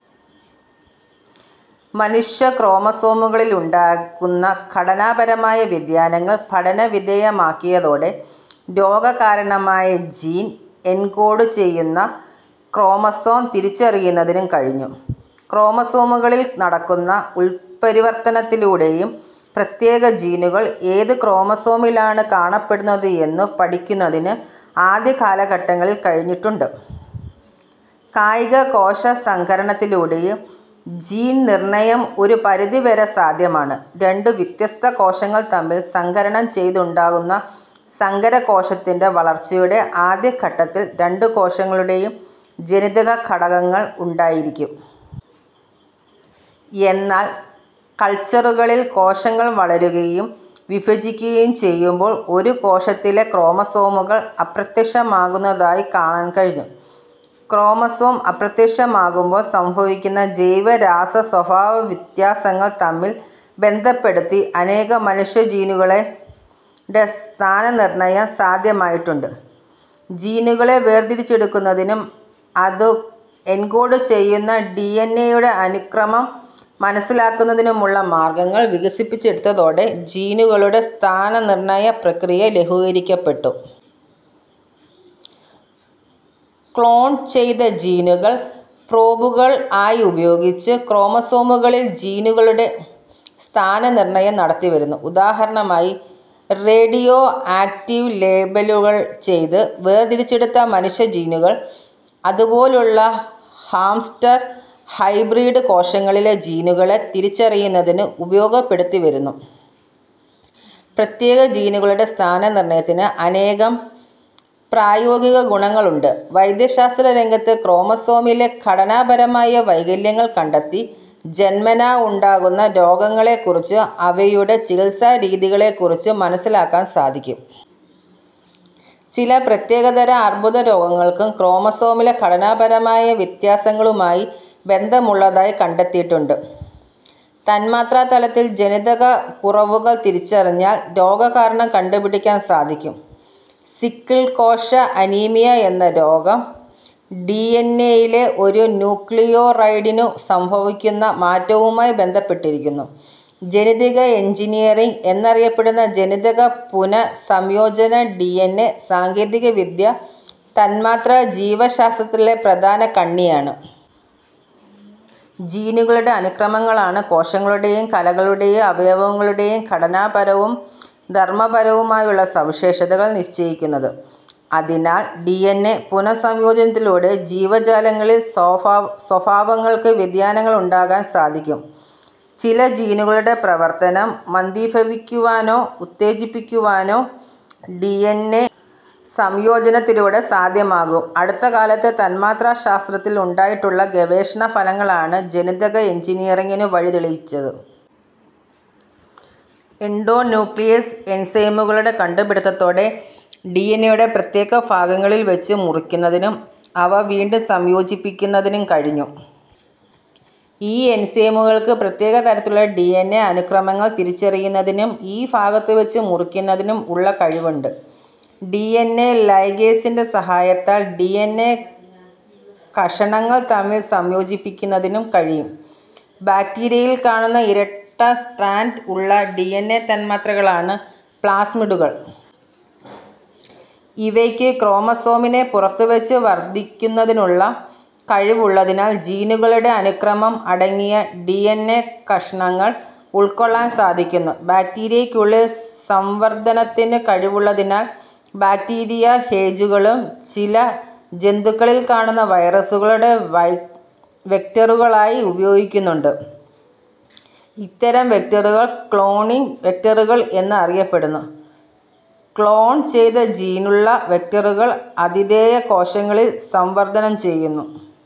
മനുഷ്യക്രോമസോമുകളിലുണ്ടാകുന്ന ഘടനാപരമായ വ്യതിയാനങ്ങൾ പഠനവിധേയമാക്കിയതോടെ രോഗകാരണമായ ജീൻ എൻകോഡു ചെയ്യുന്ന ക്രോമസോം തിരിച്ചറിയുന്നതിനും കഴിഞ്ഞു. ക്രോമസോമുകളിൽ നടക്കുന്ന ഉത്പരിവർത്തനത്തിലൂടെയും പ്രത്യേക ജീനുകൾ ഏതു ക്രോമസോമിലാണ് കാണപ്പെടുന്നത് എന്നു പഠിക്കുന്നതിന് ആദ്യകാലങ്ങളിൽ കഴിഞ്ഞിട്ടുണ്ട്. കായികകോശ സങ്കരണത്തിലൂടെയും ജീൻ നിർണയം ഒരു പരിധിവരെ സാധ്യമാണ്. രണ്ടു വ്യത്യസ്ത കോശങ്ങൾ തമ്മിൽ സങ്കരണം ചെയ്തുണ്ടാക്കുന്ന സങ്കരകോശത്തിന്റെ വളർച്ചയുടെ ആദ്യഘട്ടത്തിൽ രണ്ടു കോശങ്ങളുടേയും ജനിതക ഘടകങ്ങൾ ഉണ്ടായിരിക്കും. എന്നാൽ കൾച്ചറുകളിൽ കോശങ്ങൾ വളരുകയും വിഭജിക്കുകയും ചെയ്യുമ്പോൾ ഒരു കോശത്തിലെ ക്രോമസോമുകൾ അപ്രത്യക്ഷമാകുന്നതായി കാണാൻ കഴിഞ്ഞു. ക്രോമസോം അപ്രത്യക്ഷമാകുമ്പോൾ സംഭവിക്കുന്ന ജൈവരാസ സ്വഭാവ വ്യത്യാസങ്ങൾ തമ്മിൽ ബന്ധപ്പെടുത്തി അനേകം മനുഷ്യജീനുകളുടെ സ്ഥാനനിർണയം സാധ്യമായിട്ടുണ്ട്. ജീനുകളെ വേർതിരിച്ചെടുക്കുന്നതിനും അതു എൻകോഡു ചെയ്യുന്ന ഡിഎൻഎ യുടെ അനുക്രമം മനസ്സിലാക്കുന്നതിനുമുള്ള മാർഗങ്ങൾ വികസിപ്പിച്ചെടുത്തതോടെ ജീനുകളുടെ സ്ഥാന നിർണയ പ്രക്രിയ ലഘൂകരിക്കപ്പെട്ടു. ക്ലോൺ ചെയ്ത ജീനുകൾ പ്രോബുകൾ ആയി ഉപയോഗിച്ച് ക്രോമസോമുകളിൽ ജീനുകളുടെ സ്ഥാനനിർണയം നടത്തിവരുന്നു. ഉദാഹരണമായി റേഡിയോ ആക്റ്റീവ് ലേബലുകൾ ചെയ്ത് വേർതിരിച്ചെടുത്ത മനുഷ്യ ജീനുകൾ അതുപോലുള്ള ഹാംസ്റ്റർ ഹൈബ്രിഡ് കോശങ്ങളിലെ ജീനുകളെ തിരിച്ചറിയുന്നതിന് ഉപയോഗപ്പെടുത്തിവരുന്നു. പ്രത്യേക ജീനുകളുടെ സ്ഥാനനിർണയത്തിന് അനേകം പ്രായോഗിക ഗുണങ്ങളുണ്ട്. വൈദ്യശാസ്ത്രരംഗത്ത് ക്രോമസോമിലെ ഘടനാപരമായ വൈകല്യങ്ങൾ കണ്ടെത്തി ജന്മനാ ഉണ്ടാകുന്ന രോഗങ്ങളെക്കുറിച്ചും അവയുടെ ചികിത്സാരീതികളെക്കുറിച്ചും മനസ്സിലാക്കാൻ സാധിക്കും. ചില പ്രത്യേകതരം അർബുദ രോഗങ്ങൾക്കും ക്രോമസോമിലെ ഘടനാപരമായ വ്യത്യാസങ്ങളുമായി ബന്ധമുള്ളതായി കണ്ടെത്തിയിട്ടുണ്ട്. തന്മാത്രാതലത്തിൽ ജനിതക കുറവുകൾ തിരിച്ചറിഞ്ഞാൽ രോഗകാരണം കണ്ടുപിടിക്കാൻ സാധിക്കും. സിക്കിൾ കോശ അനീമിയ എന്ന രോഗം ഡിഎൻഎ യിലെ ഒരു ന്യൂക്ലിയോറ്റൈഡിനു സംഭവിക്കുന്ന മാറ്റവുമായി ബന്ധപ്പെട്ടിരിക്കുന്നു.. ജനിതക എൻജിനീയറിങ് എന്നറിയപ്പെടുന്ന ജനിതക പുനഃസംയോജന ഡിഎൻഎ സാങ്കേതികവിദ്യ തന്മാത്രാജീവശാസ്ത്രത്തിലെ പ്രധാന കണ്ണിയാണ്. ജീനുകളുടെ അനുക്രമങ്ങളാണ് കോശങ്ങളുടേയും കലകളു ടേയും അവയവങ്ങളുടേയും ഘടനാപരവും ധർമപരവുമായുള്ള സവിശേഷതകൾ നിശ്ചയിക്കുന്നത്. അതിനാൽ ഡിഎൻഎ പുനഃ സംയോജനത്തിലൂടെ ജീവജാലങ്ങളിൽ സ്വഭാവങ്ങൾക്ക് വ്യതിയാനങ്ങളുണ്ടാക്കാൻ സാധിക്കും. ചില ജീനുകളുടെ പ്രവർത്തനം മന്ദീഭവിപ്പിക്കുവാനോ ഉത്തേജിപ്പിക്കുവാനോ ഡിഎൻഎ സംയോജനത്തിലൂടെ സാധ്യമാകും. അടുത്തകാലത്ത് തന്മാത്രാശാസ്ത്രത്തിൽ ഉണ്ടായിട്ടുള്ള ഗവേഷണ ഫലങ്ങളാണ് ജനിതക എൻജിനീയറിങ്ങിനു വഴിതെളിയി ച്ചത്. എൻഡോന്യൂക്ലിയേസ് എൻസൈമുകളുടെ കണ്ടുപിടിത്തത്തോടെ ഡിഎൻഎയുടെ പ്രത്യേക ഭാഗങ്ങളിൽ വച്ച് മുറിക്കുന്നതിനും അവ വീണ്ടും സംയോജിപ്പിക്കുന്നതിനും കഴിഞ്ഞു. ഈ എൻസൈമുകൾക്ക് പ്രത്യേക തരത്തിലുള്ള ഡിഎൻഎ അനുക്രമങ്ങൾ തിരിച്ചറിയുന്നതിനും ഈ ഭാഗത്തുവച്ച് മുറിക്കുന്നതിനും ഉള്ള കഴിവുണ്ട്. ഡിഎൻഎ ലൈഗേസിന്റെ സഹായത്താൽ ഡിഎൻഎ കഷണങ്ങൾ തമ്മിൽ സംയോജിപ്പിക്കുന്നതിനും കഴിയും. ബാക്ടീരിയയിൽ കാണുന്ന ഇരട്ട സ്ട്രാൻഡ് ഉള്ള ഡിഎൻഎ തന്മാത്രകളാണ് പ്ലാസ്മിഡുകൾ. ഇവയ്ക്ക് ക്രോമസോമിന് പുറത്തുവച്ച് വർധിക്കുന്നതിനുള്ള കഴിവുള്ളതിനാൽ ജീനുകളുടെ അനുക്രമം അടങ്ങിയ ഡിഎൻഎ കഷണങ്ങൾ ഉൾക്കൊള്ളാൻ സാധിക്കുന്നു. ബാക്ടീരിയ്ക്കുള്ളിൽ സംവർധനത്തിനു കഴിവുള്ളതിനാൽ ബാക്ടീരിയ ഫേജുകളും ചില ജന്തുക്കളിൽ കാണുന്ന വൈറസുകളുടെ വെക്ടറുകളായി ഉപയോഗിക്കുന്നുണ്ട്. ഇത്തരം വെക്ടറുകൾ ക്ളോണിങ് വെക്ടറുകൾ എന്ന് അറിയപ്പെടുന്നു. ക്ളോൺ ചെയ്ത ജീനുള്ള വെക്ടറുകൾ ആതിഥേയ കോശങ്ങളിൽ സംവർധനം ചെയ്യുന്നു.